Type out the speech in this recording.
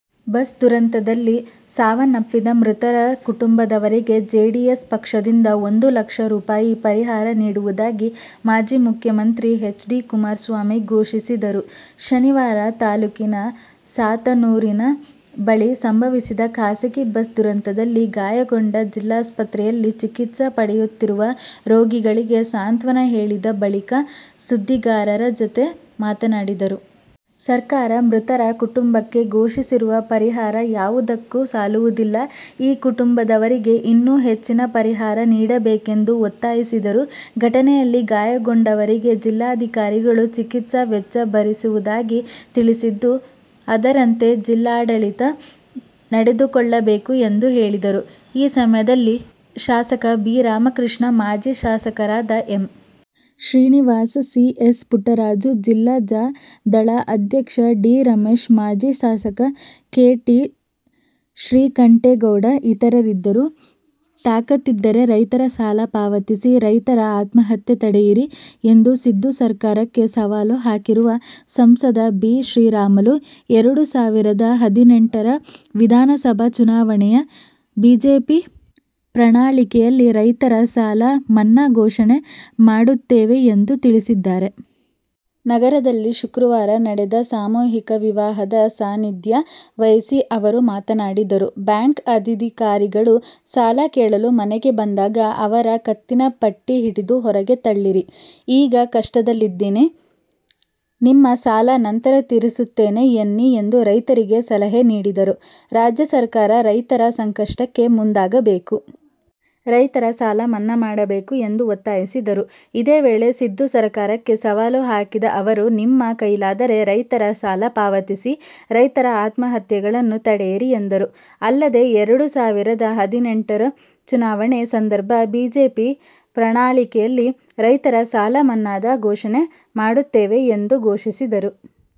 Bus ದುರಂತದಲ್ಲಿ ಸಾವನ್ನಪ್ಪಿದ ಮೃತರ ಕುಟುಂಬದವರಿಗೆ ಜೆಡಿಎಸ್ ಪಕ್ಷದಿಂದ ಒಂದು ಲಕ್ಷ ರೂಪಾಯಿ ಪರಿಹಾರ ನೀಡುವುದಾಗಿ ಮಾಜಿ ಮುಖ್ಯಮಂತ್ರಿ ಹೆಚ್. ಡಿ. ಕುಮಾರಸ್ವಾಮಿ ಘೋಷಿಸಿದರು. ಶನಿವಾರ ತಾಲೂಕಿನ ಸಾತನೂರಿನ ಬಳಿ ಸಂಭವಿಸಿದ ಖಾಸಗಿ ಬಸ್ ದುರಂತದಲ್ಲಿ ಗಾಯಗೊಂಡು ಜಿಲ್ಲಾಸ್ಪತ್ರೆಯಲ್ಲಿ ಚಿಕಿತ್ಸೆ ಪಡೆಯುತ್ತಿರುವ ರೋಗಿಗಳಿಗೆ ಸಾಂತ್ವನ ಹೇಳಿದ ಬಳಿಕ ಸುದ್ದಿಗಾರರ ಜೊತೆ ಮಾತನಾಡಿದರು. ಸರ್ಕಾರ ಮೃತರ ಕುಟುಂಬಕ್ಕೆ ಘೋಷಿಸಿರುವ ಪರಿಹಾರ ಯಾವುದಕ್ಕೂ ಸಾಲುವುದಿಲ್ಲ. ಆ ಕುಟುಂಬದವರಿಗೆ ಇನ್ನೂ ಹೆಚ್ಚಿನ ಪರಿಹಾರ ನೀಡಬೇಕೆಂದು ಒತ್ತಾಯಿಸಿದರು. ಘಟನೆಯಲ್ಲಿ ಗಾಯಗೊಂಡವರಿಗೆ ಜಿಲ್ಲಾಧಿಕಾರಿಗಳು ಚಿಕಿತ್ಸಾ ವೆಚ್ಚ ಭರಿಸುವುದಾಗಿ ತಿಳಿಸಿದ್ದು, ಅದರಂತೆ ಜಿಲ್ಲಾಡಳಿತ ನಡೆದುಕೊಳ್ಳಬೇಕು ಎಂದು ಹೇಳಿದರು. ಈ ಸಮಯದಲ್ಲಿ ಶಾಸಕ ಬಿ. ರಾಮಕೃಷ್ಣ, ಮಾಜಿ ಶಾಸಕರಾದ M. Srinivas, C. S. Puttaraju, ಜಿಲ್ಲಾ ಜಾ. ದಳ ಅಧ್ಯಕ್ಷ ಡಿ. ರಮೇಶ್ ಮಾಜಿ ಶಾಸಕ ಕೆ. ಟಿ. ಶ್ರೀಕಂಠೇಗೌಡ ಇತರರಿದ್ದರು. ತಾಕತ್ತಿದ್ದರೆ ರೈತರ ಸಾಲ ಪಾವತಿಸಿ, ರೈತರ ಆತ್ಮಹತ್ಯೆ ತಡೆಯಿರಿ ಎಂದು ಸಿದ್ದು ಸರ್ಕಾರಕ್ಕೆ ಸವಾಲು ಹಾಕಿರುವ ಸಂಸದ ಬಿ. ಶ್ರೀರಾಮುಲು, ಎರಡು ಸಾವಿರದ ಹದಿನೆಂಟರ ವಿಧಾನಸಭಾ ಚುನಾವಣೆಯ ಬಿಜೆಪಿ ಪ್ರಣಾಳಿಕೆಯಲ್ಲಿ ರೈತರ ಸಾಲ ಮನ್ನಾ ಘೋಷಣೆ ಮಾಡುತ್ತೇವೆ ಎಂದು ತಿಳಿಸಿದ್ದಾರೆ. ನಗರದಲ್ಲಿ ಶುಕ್ರವಾರ ನಡೆದ ಸಾಮೂಹಿಕ ವಿವಾಹದ ಸಾನ್ನಿಧ್ಯ ವಹಿಸಿ ಅವರು ಮಾತನಾಡಿದರು. ಬ್ಯಾಂಕ್ ಅಧಿಧಿಕಾರಿಗಳು ಸಾಲ ಕೇಳಲು ಮನೆಗೆ ಬಂದಾಗ ಅವರ ಕತ್ತಿನ ಪಟ್ಟಿ ಹಿಡಿದು ಹೊರಗೆ ತಳ್ಳಿರಿ. ಈಗ ಕಷ್ಟದಲ್ಲಿದ್ದೇನೆ. ನಿಮ್ಮ ಸಾಲ ನಂತರ ತೀರಿಸುತ್ತೇನೆ ಎನ್ನಿ ಎಂದು ರೈತರಿಗೆ ಸಲಹೆ ನೀಡಿದರು. ರಾಜ್ಯ ಸರ್ಕಾರ ರೈತರ ಸಂಕಷ್ಟಕ್ಕೆ ಮುಂದಾಗಬೇಕು. ರೈತರ ಸಾಲ ಮನ್ನಾ ಮಾಡಬೇಕು ಎಂದು ಒತ್ತಾಯಿಸಿದರು. ಇದೇ ವೇಳೆ, ಸಿದ್ದು ಸರ್ಕಾರಕ್ಕೆ ಸವಾಲು ಹಾಕಿದ ಅವರು, ನಿಮ್ಮ ಕೈಲಾದರೆ ರೈತರ ಸಾಲ ಪಾವತಿಸಿ, ರೈತರ ಆತ್ಮಹತ್ಯೆಗಳನ್ನು ತಡೆಯಿರಿ ಎಂದರು. ಅಲ್ಲದೆ, ಎರಡು ಸಾವಿರದ ಹದಿನೆಂಟುರ ಚುನಾವಣೆ ಸಂದರ್ಭ ಬಿಜೆಪಿ ಪ್ರಣಾಳಿಕೆಯಲ್ಲಿ ರೈತರ ಸಾಲ ಮನ್ನಾದ ಘೋಷಣೆ ಮಾಡುತ್ತೇವೆ ಎಂದು ಘೋಷಿಸಿದರು